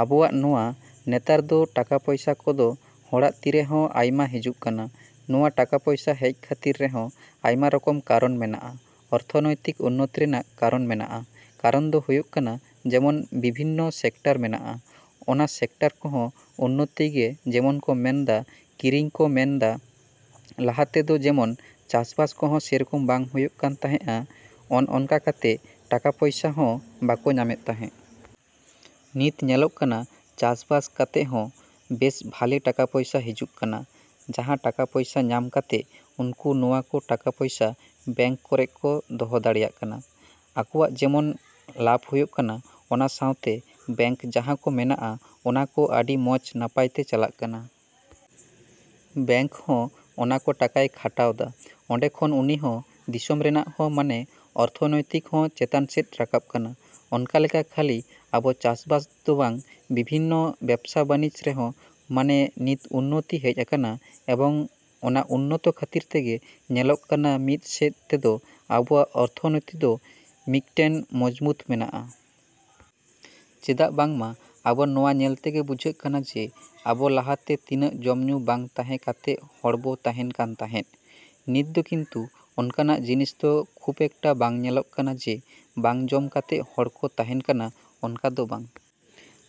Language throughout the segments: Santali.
‎ᱟᱵᱚᱣᱟᱜ ᱱᱚᱣᱟ ᱱᱮᱛᱟᱨ ᱫᱚ ᱴᱟᱠᱟ ᱯᱚᱭᱥᱟ ᱠᱚᱫᱚ ᱦᱚᱲᱟᱜ ᱛᱤᱨᱮ ᱦᱚᱸ ᱟᱭᱢᱟ ᱦᱤᱡᱩᱜ ᱠᱟᱱᱟ᱾ ᱱᱚᱣᱟ ᱴᱟᱠᱟ ᱯᱚᱭᱥᱟ ᱦᱮᱡ ᱠᱷᱟᱹᱛᱤᱨ ᱨᱮᱦᱚᱸ ᱟᱭᱢᱟ ᱨᱚᱠᱚᱢ ᱠᱟᱨᱚᱱ ᱢᱮᱱᱟᱜᱼᱟ, ᱚᱨᱛᱷᱚᱱᱚᱭᱛᱤᱠ ᱩᱱᱱᱚᱛᱤ ᱨᱮᱱᱟᱜ ᱠᱟᱨᱚᱱ ᱢᱮᱱᱟᱜᱼᱟ᱾ ᱠᱟᱨᱚᱱ ᱫᱚ ᱦᱩᱭᱩᱜ ᱠᱟᱱᱟ ᱡᱮᱢᱚᱱ ᱵᱤᱵᱷᱤᱱᱱᱚ ᱥᱮᱠᱴᱟᱨ ᱢᱮᱱᱟᱜᱼᱟ, ᱚᱱᱟ ᱥᱮᱠᱴᱟᱨ ᱠᱚᱦᱚᱸ ᱩᱱᱱᱚᱛᱤᱜᱮ ᱡᱮᱢᱚᱱ ᱠᱚ ᱢᱮᱱ ᱫᱟ ᱠᱨᱤᱥᱤ ᱠᱚ ᱢᱮᱱ ᱫᱟ ᱞᱟᱦᱟ ᱛᱮᱫᱚ ᱡᱮᱢᱚᱱ ᱪᱟᱥᱵᱟᱥ ᱠᱚᱦᱚᱸ ᱥᱮᱨᱚᱠᱚᱢ ᱵᱟᱝ ᱦᱩᱭᱩᱜ ᱠᱟᱱ ᱛᱟᱦᱮᱸᱜᱼᱟ, ᱚᱱᱼᱚᱝᱠᱟ ᱠᱟᱛᱮᱜ ᱴᱟᱠᱟ ᱯᱚᱭᱥᱟ ᱦᱚᱸ ᱵᱟᱠᱚ ᱧᱟᱢᱮᱫ ᱛᱟᱦᱮᱸᱫ᱾ ᱱᱤᱛ ᱧᱮᱞᱚᱜ ᱠᱟᱱᱟ ᱪᱟᱥ ᱵᱟᱥ ᱠᱟᱛᱮᱜ ᱦᱚᱸ ᱵᱮᱹᱥ ᱵᱷᱟᱞᱮ ᱴᱟᱠᱟ ᱯᱚᱭᱥᱟ ᱦᱤᱡᱩᱜ ᱠᱟᱱᱟ, ᱡᱟᱦᱟᱸ ᱴᱟᱠᱟ ᱯᱚᱭᱥᱟ ᱧᱟᱢ ᱠᱟᱛᱮᱜ ᱩᱱᱠᱩ ᱱᱚᱣᱟ ᱠᱚ ᱴᱟᱠᱟ ᱯᱚᱭᱥᱟ ᱵᱮᱝᱠ ᱠᱚᱨᱮ ᱠᱚ ᱫᱚᱦᱚ ᱫᱟᱲᱮᱭᱟᱜ ᱠᱟᱱᱟ᱾ ᱟᱠᱚᱣᱟᱜ ᱡᱮᱢᱚᱱ ᱞᱟᱵᱷ ᱦᱩᱭᱩᱜ ᱠᱟᱱᱟ ᱚᱱᱟ ᱥᱟᱶᱛᱮ ᱵᱮᱝᱠ ᱡᱟᱸᱦᱟ ᱠᱚ ᱢᱮᱱᱟᱜᱼᱟ ᱚᱱᱟ ᱠᱚ ᱟᱰᱤ ᱢᱚᱸᱡᱽ ᱱᱟᱯᱟᱭ ᱛᱮ ᱪᱟᱞᱟᱜ ᱠᱟᱱᱟ᱾ ᱵᱮᱝᱠ ᱦᱚᱸ ᱚᱱᱟ ᱠᱚ ᱴᱟᱠᱟᱭ ᱠᱷᱟᱴᱟᱣ ᱫᱟ, ᱚᱸᱰᱮ ᱠᱷᱚᱱ ᱩᱱᱤᱦᱚᱸ ᱫᱤᱥᱚᱢ ᱨᱮᱱᱟᱜ ᱦᱚᱸ ᱢᱟᱱᱮ ᱚᱨᱛᱷᱚᱱᱚᱭᱛᱤᱠ ᱦᱚᱸ ᱪᱮᱛᱟᱱ ᱥᱮᱫ ᱨᱟᱠᱟᱵ ᱠᱟᱱᱟ᱾ ᱚᱱᱠᱟ ᱞᱮᱠᱟ ᱠᱷᱟᱹᱞᱤ ᱟᱵᱚ ᱪᱟᱥᱵᱟᱥ ᱫᱚ ᱵᱟᱝ, ᱵᱤᱵᱷᱤᱱᱱᱚ ᱵᱮᱵᱽᱥᱟ ᱵᱟᱱᱤᱡᱽ ᱨᱮᱦᱚᱸ ᱢᱟᱱᱮ ᱱᱤᱛ ᱩᱱᱱᱚᱛᱤ ᱦᱮᱡ ᱟᱠᱟᱱᱟ ᱮᱵᱚᱝ ᱚᱱᱟ ᱩᱱᱱᱚᱛᱚ ᱠᱷᱟᱹᱛᱤᱨ ᱛᱮᱜᱮ ᱧᱮᱞᱚᱜ ᱠᱟᱱᱟ ᱢᱤᱜ ᱥᱮᱫ ᱛᱮᱫᱚ ᱟᱵᱚᱣᱟᱜ ᱚᱨᱛᱷᱚᱱᱤᱛᱤ ᱫᱚ ᱢᱤᱜᱴᱮᱱ ᱢᱚᱡᱽᱵᱩᱛ ᱢᱮᱱᱟᱜᱼᱟ᱾ ᱪᱮᱫᱟᱜ ᱵᱟᱝᱢᱟ ᱟᱵᱚ ᱱᱚᱣᱟ ᱧᱮᱞ ᱛᱮᱜᱮ ᱵᱩᱡᱷᱟᱹᱜ ᱠᱟᱱᱟ ᱡᱮ ᱟᱵᱚ ᱞᱟᱦᱟ ᱛᱮ ᱛᱤᱱᱟᱹᱜ ᱡᱚᱢ ᱧᱩ ᱵᱟᱝ ᱛᱟᱦᱮᱸ ᱠᱟᱛᱮᱜ ᱦᱚᱲ ᱵᱚ ᱛᱟᱦᱮᱸᱱ ᱠᱟᱱ ᱛᱟᱦᱮᱸᱫ, ᱱᱤᱛ ᱫᱚ ᱠᱤᱱᱛᱩ ᱚᱱᱠᱟᱱᱟᱜ ᱡᱤᱱᱤᱥ ᱫᱚ ᱠᱷᱩᱵᱽ ᱮᱠᱴᱟ ᱵᱟᱝ ᱧᱮᱞᱚᱜ ᱠᱟᱱᱟ ᱡᱮ ᱵᱟᱝ ᱡᱚᱢ ᱠᱟᱛᱮᱜ ᱦᱚᱲ ᱠᱚ ᱛᱟᱦᱮᱸᱱ ᱠᱟᱱᱟ ᱚᱱᱠᱟ ᱫᱚ ᱵᱟᱝ᱾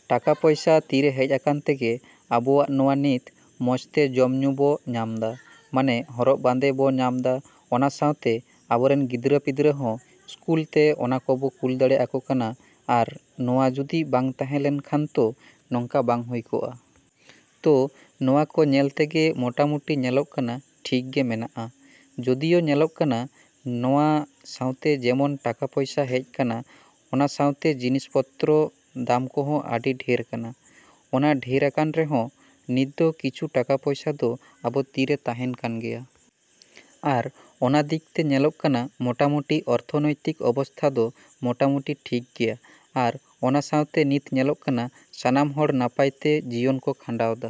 ᱴᱟᱠᱟ ᱯᱚᱭᱥᱟ ᱛᱤᱨᱮ ᱦᱮᱡ ᱟᱠᱟᱱ ᱛᱮᱜᱮ ᱟᱵᱚᱣᱟᱜ ᱱᱚᱣᱟ ᱱᱤᱛ ᱢᱚᱸᱡᱽ ᱛᱮ ᱡᱚᱢ ᱧᱩ ᱵᱚ ᱧᱟᱢ ᱫᱟ᱾ ᱢᱟᱱᱮ ᱦᱚᱨᱚᱜ ᱵᱟᱸᱫᱮ ᱵᱚ ᱧᱟᱢ ᱫᱟ, ᱚᱱᱟ ᱥᱟᱶᱛᱮ ᱟᱵᱚ ᱨᱮᱱ ᱜᱤᱫᱽᱨᱟᱹ ᱯᱤᱫᱽᱨᱟᱹ ᱦᱚᱸ ᱥᱠᱩᱞ ᱛᱮ ᱚᱱᱟ ᱠᱚᱵᱚ ᱠᱩᱞ ᱫᱟᱲᱮ ᱟᱠᱚ ᱠᱟᱱᱟ, ᱟᱨ ᱱᱚᱣᱟ ᱡᱩᱫᱤ ᱵᱟᱝ ᱛᱟᱦᱮᱸ ᱞᱮᱱ ᱠᱷᱟᱱ ᱛᱚ ᱱᱚᱝᱠᱟ ᱵᱟᱝ ᱦᱩᱭ ᱠᱚᱜᱼᱟ᱾ ᱛᱚ ᱱᱚᱣᱟ ᱠᱚ ᱧᱮᱞ ᱛᱮᱜᱮ ᱢᱚᱴᱟ ᱢᱩᱴᱤ ᱧᱮᱞᱚᱜ ᱠᱟᱱᱟ ᱴᱷᱤᱠ ᱜᱮ ᱢᱮᱱᱟᱜᱼᱟ᱾ ᱡᱳᱫᱤᱭᱳ ᱧᱮᱞᱚᱜ ᱠᱟᱱᱟ ᱱᱚᱣᱟ ᱥᱟᱶᱛᱮ ᱡᱮᱢᱚᱱ ᱴᱟᱠᱟ ᱯᱚᱭᱥᱟ ᱦᱮᱡ ᱠᱟᱱᱟ ᱚᱱᱟ ᱥᱟᱶᱛᱮ ᱡᱤᱱᱤᱥ ᱯᱚᱛᱨᱚ ᱫᱟᱢ ᱠᱚᱦᱚᱸ ᱟᱰᱤ ᱰᱷᱮᱨ ᱠᱟᱱᱟ᱾ ᱚᱱᱟ ᱰᱷᱮᱹᱨ ᱟᱠᱟᱱ ᱨᱮᱦᱚᱸ ᱱᱤᱛ ᱫᱚ ᱠᱤᱪᱷᱩ ᱴᱟᱠᱟ ᱯᱚᱭᱥᱟ ᱫᱚ ᱟᱵᱚ ᱛᱤᱨᱮ ᱛᱟᱦᱮᱸᱱ ᱠᱟᱱ ᱜᱮᱭᱟ᱾ ᱟᱨ ᱚᱱᱟ ᱫᱤᱠ ᱛᱮ ᱧᱮᱞᱚᱜ ᱠᱟᱱᱟ ᱢᱚᱴᱟ ᱢᱩᱴᱤ ᱚᱨᱛᱷᱚᱱᱚᱭᱛᱤᱠ ᱚᱵᱚᱥᱛᱷᱟ ᱫᱚ ᱢᱚᱴᱟᱢᱩᱴᱤ ᱴᱷᱤᱠ ᱜᱮᱭᱟ ᱟᱨ ᱚᱱᱟ ᱥᱟᱶᱛᱮ ᱱᱤᱛ ᱧᱮᱞᱚᱜ ᱠᱟᱱᱟ ᱥᱟᱱᱟᱢ ᱦᱚᱲ ᱱᱟᱯᱟᱭ ᱛᱮ ᱡᱤᱭᱚᱱ ᱠᱚ ᱠᱷᱟᱰᱟᱣᱫᱟ᱾